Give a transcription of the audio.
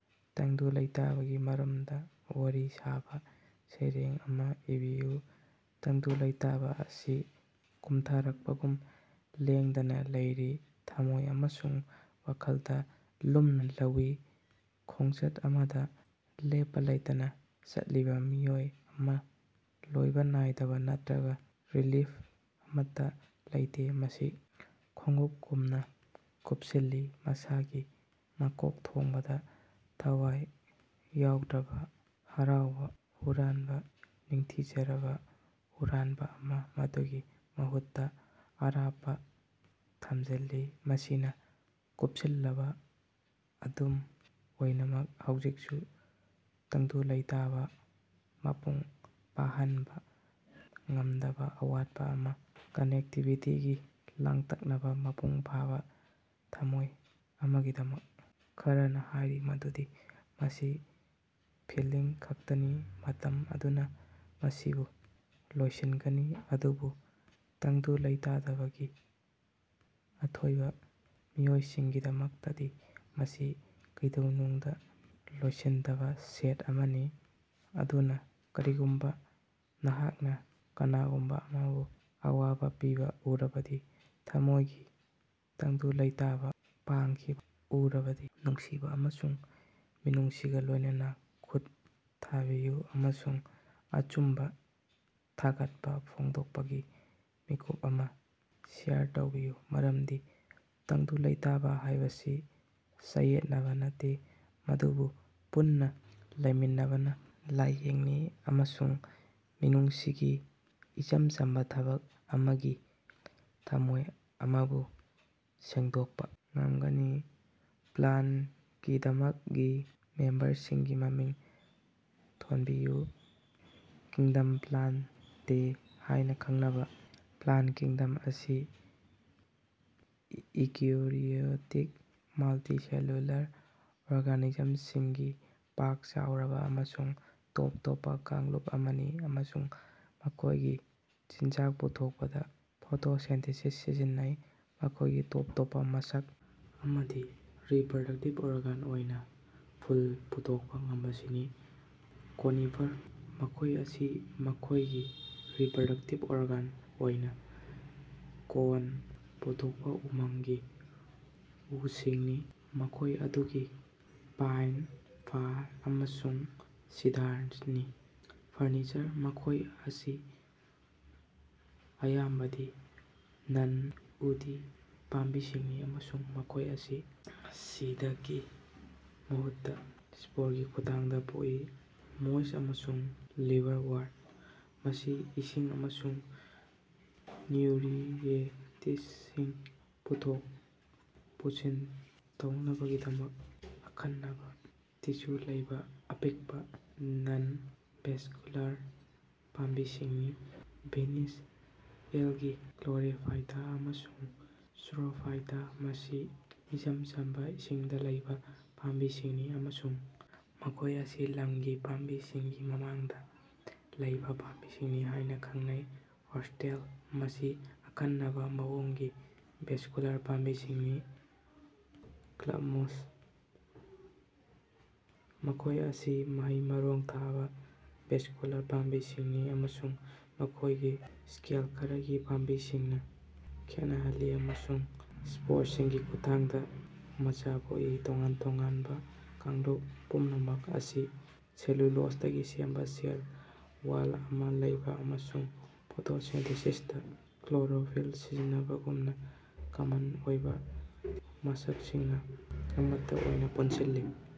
ꯇꯪꯗꯨ ꯂꯩꯇꯥꯕꯒꯤ ꯃꯔꯝꯗ ꯋꯥꯔꯤ ꯁꯥꯕ ꯁꯩꯔꯦꯡ ꯑꯃꯥ ꯏꯕꯤꯌꯨ꯫ ꯇꯪꯗꯨ ꯂꯩꯇꯥꯕ ꯑꯁꯤ ꯀꯨꯝꯊꯔꯛꯄꯒꯨꯝ ꯂꯦꯡꯗꯅꯥ ꯂꯩꯔꯤ, ꯊꯝꯃꯣꯏ ꯑꯃꯁꯨꯡ ꯋꯥꯈꯜꯗ ꯂꯨꯝꯅ ꯂꯧꯏ, ꯈꯣꯡꯆꯠ ꯑꯃꯗ ꯂꯦꯞꯄ ꯂꯩꯇꯅ ꯆꯠꯂꯤꯕ ꯃꯤꯑꯣꯏ ꯑꯃ, ꯂꯣꯏꯕ ꯅꯥꯏꯗꯕ ꯅꯠꯇ꯭ꯔꯒ ꯔꯤꯂꯤꯐ ꯑꯃꯠꯇ ꯂꯩꯇꯦ꯫ ꯃꯁꯤ ꯈꯣꯡꯎꯞꯒꯨꯝꯅ ꯀꯨꯞꯁꯤꯜꯂꯤ, ꯃꯁꯥꯒꯤ ꯃꯀꯣꯛꯊꯣꯡꯕꯗ ꯊꯋꯥꯏ ꯌꯥꯎꯗ꯭ꯔꯕ, ꯍꯔꯥꯎꯕ ꯍꯨꯔꯥꯟꯕ ꯅꯤꯡꯊꯤꯖꯔꯕ ꯍꯨꯔꯥꯟꯕ ꯑꯃ, ꯃꯗꯨꯒꯤ ꯃꯍꯨꯠꯇ ꯑꯔꯥꯞꯄ ꯊꯝꯖꯤꯜꯂꯤ꯫ ꯃꯤꯁꯤꯡꯅ ꯀꯨꯞꯁꯤꯜꯂꯕ, ꯑꯗꯨꯝ ꯑꯣꯏꯅꯃꯛ ꯍꯧꯖꯤꯛꯁꯨ ꯇꯪꯗꯨ ꯂꯩꯇꯥꯕ, ꯃꯄꯨꯡ ꯐꯥꯍꯟꯕ ꯉꯝꯗꯕ ꯑꯋꯥꯠꯄ ꯑꯃꯥ, ꯀꯅꯦꯛꯇꯤꯕꯤꯇꯤꯒꯤ ꯂꯥꯡꯇꯛꯅꯕꯥ, ꯃꯄꯨꯡ ꯐꯥꯕꯥ ꯊꯝꯃꯣꯏ ꯑꯃꯒꯤꯗꯃꯛ꯫ ꯈꯔꯅꯥ ꯍꯥꯏꯔꯤ ꯃꯗꯨꯗꯤ ꯃꯁꯤ ꯐꯤꯜꯂꯤꯡ ꯈꯛꯇꯅꯤ, ꯃꯇꯝ ꯑꯗꯨꯅ ꯃꯁꯤꯕꯨ ꯂꯣꯏꯁꯤꯟꯒꯅꯤ, ꯑꯗꯨꯕꯨ ꯇꯪꯗꯨ ꯂꯩꯇꯥꯗꯕꯒꯤ ꯑꯊꯣꯏꯕ ꯃꯤꯑꯣꯏꯁꯤꯡꯒꯤꯗꯃꯛꯇꯗꯤ ꯃꯁꯤ ꯀꯩꯗꯧꯅꯨꯡꯗ ꯂꯣꯏꯁꯤꯟꯗꯕ ꯁ‌ꯦꯠ ꯑꯃꯅꯤ꯫ ꯑꯗꯨꯅ ꯀꯔꯤꯒꯨꯝꯕ ꯅꯍꯥꯛꯅ ꯀꯅꯥꯒꯨꯝꯕ ꯑꯃꯕꯨ ꯑꯋꯥꯕ ꯄꯤꯕ ꯎꯔꯕꯗꯤ, ꯃꯈꯣꯏꯒꯤ ꯇꯪꯗꯨ ꯂꯩꯇꯥꯕꯗ ꯃꯥꯡꯈꯤꯕ ꯎꯔꯕꯗꯤ, ꯅꯨꯡꯁꯤꯕ ꯑꯃꯁꯨꯡ ꯃꯤꯅꯨꯡꯁꯤꯒ ꯂꯣꯏꯅꯅꯥ ꯈꯨꯠ ꯊꯥꯕꯤꯌꯨ, ꯑꯃꯁꯨꯡ ꯑꯆꯨꯝꯕ ꯊꯥꯒꯠꯄ ꯐꯣꯡꯗꯣꯛꯄꯒꯤ ꯃꯤꯀꯨꯞ ꯑꯃ ꯁꯦꯌꯔ ꯇꯧꯕꯤꯌꯨ꯫ ꯃꯔꯝꯗꯤ ꯇꯪꯗꯨ ꯂꯩꯇꯥꯕ ꯍꯥꯏꯕꯁꯤ ꯆꯌꯦꯠꯅꯕꯥ ꯅꯠꯇꯦ, ꯑꯗꯨꯕꯨ ꯄꯨꯟꯅ ꯂꯩꯃꯤꯟꯅꯕꯅ ꯂꯥꯌꯦꯡꯅꯤ, ꯑꯃꯁꯨꯡ ꯃꯤꯅꯨꯡꯁꯤꯒꯤ ꯏꯆꯝ ꯆꯝꯕ ꯊꯕꯛ ꯑꯃꯅꯤ, ꯊꯝꯃꯣꯏ ꯑꯃꯕꯨ ꯁꯦꯡꯗꯣꯛꯄ ꯉꯝꯒꯅꯤ꯫ ꯄ꯭ꯂꯥꯟ ꯀꯤꯡꯗꯝꯒꯤ ꯃꯦꯝꯕꯔꯁꯤꯡꯒꯤ ꯃꯃꯤꯡ ꯊꯣꯟꯕꯤꯌꯨ꯫ ꯀꯤꯡꯗꯝ ꯄ꯭ꯂꯥꯟꯇꯦ ꯍꯥꯏꯅꯥ ꯈꯪꯅꯕ ꯄ꯭ꯂꯥꯟ ꯀꯤꯡꯗꯝ ꯑꯁꯤ ꯏꯎꯀꯦꯔꯤꯑꯣꯇꯤꯛ, ꯃꯜꯇꯤꯁꯦꯂꯨꯂꯥꯔ ꯑꯣꯔꯒꯥꯅꯤꯖꯝꯁꯤꯡꯒꯤ ꯄꯥꯛ ꯆꯥꯎꯔꯕ ꯑꯃꯁꯨꯡ ꯇꯣꯞ ꯇꯣꯞꯄ ꯀꯥꯡꯂꯨꯞ ꯑꯃꯅꯤ ꯑꯃꯁꯨꯡ ꯃꯈꯣꯏꯒꯤ ꯆꯤꯟꯖꯥꯛ ꯄꯨꯊꯣꯛꯄꯗ ꯐꯣꯇꯣꯁꯤꯟꯊꯦꯁꯤꯁ ꯁꯤꯖꯤꯟꯅꯩ꯫ ꯃꯈꯣꯏꯒꯤ ꯇꯣꯞ ꯇꯣꯞꯄ ꯃꯁꯛ ꯑꯃꯗꯤ ꯔꯤꯄꯔꯗꯛꯇꯤꯚ ꯑꯣꯔꯒꯥꯟ ꯑꯣꯏꯅ ꯐꯨꯜ ꯄꯨꯊꯣꯛꯄ ꯉꯝꯕꯁꯤꯅꯤ꯫ ꯀꯣꯅꯤꯐꯔ: ꯃꯈꯣꯏ ꯑꯁꯤ ꯃꯈꯣꯏꯒꯤ ꯔꯤꯄꯔꯗꯛꯇꯤꯚ ꯑꯣꯔꯒꯥꯟ ꯑꯣꯏꯅ ꯀꯣꯟ ꯄꯨꯊꯣꯛꯄꯥ ꯎꯃꯪꯒꯤ ꯎꯁꯤꯡꯅꯤ, ꯃꯈꯣꯏ ꯑꯗꯨꯗꯤ ꯄꯥꯏꯟ, ꯐꯥꯔ, ꯑꯃꯁꯨꯡ ꯁꯤꯗꯥꯔꯅꯤ꯫ ꯐꯔꯅꯤꯆꯔ: ꯃꯈꯣꯏ ꯑꯁꯤ ꯑꯌꯥꯝꯕꯗꯤ ꯅꯟ-ꯎꯗꯤ ꯄꯥꯝꯕꯤꯁꯤꯡꯅꯤ ꯑꯃꯁꯨꯡ ꯃꯈꯣꯏ ꯑꯁꯤ ꯁꯤꯗꯀꯤ ꯃꯍꯨꯠꯇ, ꯁ꯭ꯄꯣꯔꯒꯤ ꯈꯨꯠꯊꯥꯡꯗ ꯄꯣꯛꯏ꯫ ꯃꯣꯁ ꯑꯃꯁꯨꯡ ꯂꯤꯚꯔꯋꯔꯠ: ꯃꯁꯤ ꯏꯁꯤꯡ ꯑꯃꯁꯨꯡ ꯅ꯭ꯌꯨꯠꯔꯤꯑꯦꯟꯇꯁꯤꯡ ꯄꯨꯊꯣꯛ ꯄꯨꯁꯤꯟ ꯇꯧꯅꯕꯒꯤꯗꯃꯛ ꯑꯈꯟꯅꯕꯥ ꯇꯤꯁ꯭ꯌꯨ ꯂꯩꯇꯕꯥ ꯑꯄꯤꯛꯄꯥ, ꯅꯟ-ꯚꯦꯁꯀꯨꯂꯥꯔ ꯄꯥꯝꯕꯤꯁꯤꯡꯅꯤ꯫ ꯒ꯭ꯔꯤꯟ ꯑꯦꯜꯒꯤ ꯀ꯭ꯂꯣꯔꯣꯐꯥꯏꯇꯥ ꯑꯃꯁꯨꯡ ꯆꯔꯣꯐꯥꯏꯇꯥ ꯃꯁꯤ ꯏꯆꯝ ꯆꯝꯕ, ꯏꯁꯤꯡꯗ ꯂꯩꯕ ꯄꯥꯝꯕꯤꯁꯤꯡꯅꯤ ꯑꯃꯁꯨꯡ ꯃꯈꯣꯏ ꯑꯁꯤ ꯂꯝꯒꯤ ꯄꯥꯝꯕꯤꯁꯤꯡꯒꯤ ꯃꯃꯥꯡꯗ ꯂꯩꯕꯥ ꯄꯥꯝꯕꯤꯁꯤꯡꯅꯤ ꯍꯥꯏꯅ ꯈꯟꯅꯩ꯫ ꯍꯣꯔꯁꯇꯦꯜ: ꯃꯁꯤ ꯑꯈꯟꯅꯕ ꯃꯑꯣꯡꯒꯤ ꯚꯦꯁꯀꯨꯂꯥꯔ ꯄꯥꯝꯕꯤꯁꯤꯡꯅꯤ꯫ ꯀ꯭ꯂꯕꯃꯣꯁ: ꯃꯈꯣꯏ ꯑꯁꯤ ꯃꯍꯩ-ꯃꯔꯣꯡ ꯊꯥꯗꯕ, ꯚꯦꯁꯀꯨꯂꯥꯔ ꯄꯥꯝꯕꯤꯁꯤꯡꯅꯤ ꯑꯃꯁꯨꯡ ꯃꯈꯣꯏꯒꯤ ꯁ꯭ꯀꯦꯜ ꯃꯈꯜꯒꯤ ꯄꯥꯝꯕꯤꯁꯤꯡꯅ ꯈꯦꯠꯅꯍꯜꯂꯤ ꯑꯃꯁꯨꯡ ꯁ꯭ꯄꯣꯔꯁꯤꯡꯒꯤ ꯈꯨꯠꯊꯥꯡꯗ ꯃꯆꯥ ꯄꯣꯛꯏ꯫ ꯇꯣꯉꯥꯟ ꯇꯣꯉꯥꯟꯕ ꯀꯥꯡꯂꯨꯞ ꯄꯨꯝꯅꯃꯛ ꯑꯁꯤ ꯁꯦꯂꯨꯂꯣꯖꯗꯒꯤ ꯁꯦꯝꯕ ꯁꯦꯜ ꯋꯥꯜ ꯑꯃꯥ ꯂꯩꯕ ꯑꯃꯁꯨꯡ ꯐꯣꯇꯣꯁꯤꯟꯊꯦꯁꯤꯁꯇ ꯀ꯭ꯂꯣꯔꯣꯐꯤꯜ ꯁꯤꯖꯤꯟꯅꯕꯒꯨꯝꯕ ꯀꯃꯟ ꯑꯣꯏꯕꯥ ꯃꯁꯛꯁꯤꯡꯅ ꯑꯃꯠꯇ ꯑꯣꯏꯅ ꯄꯨꯟꯁꯤꯜꯂꯤ꯫।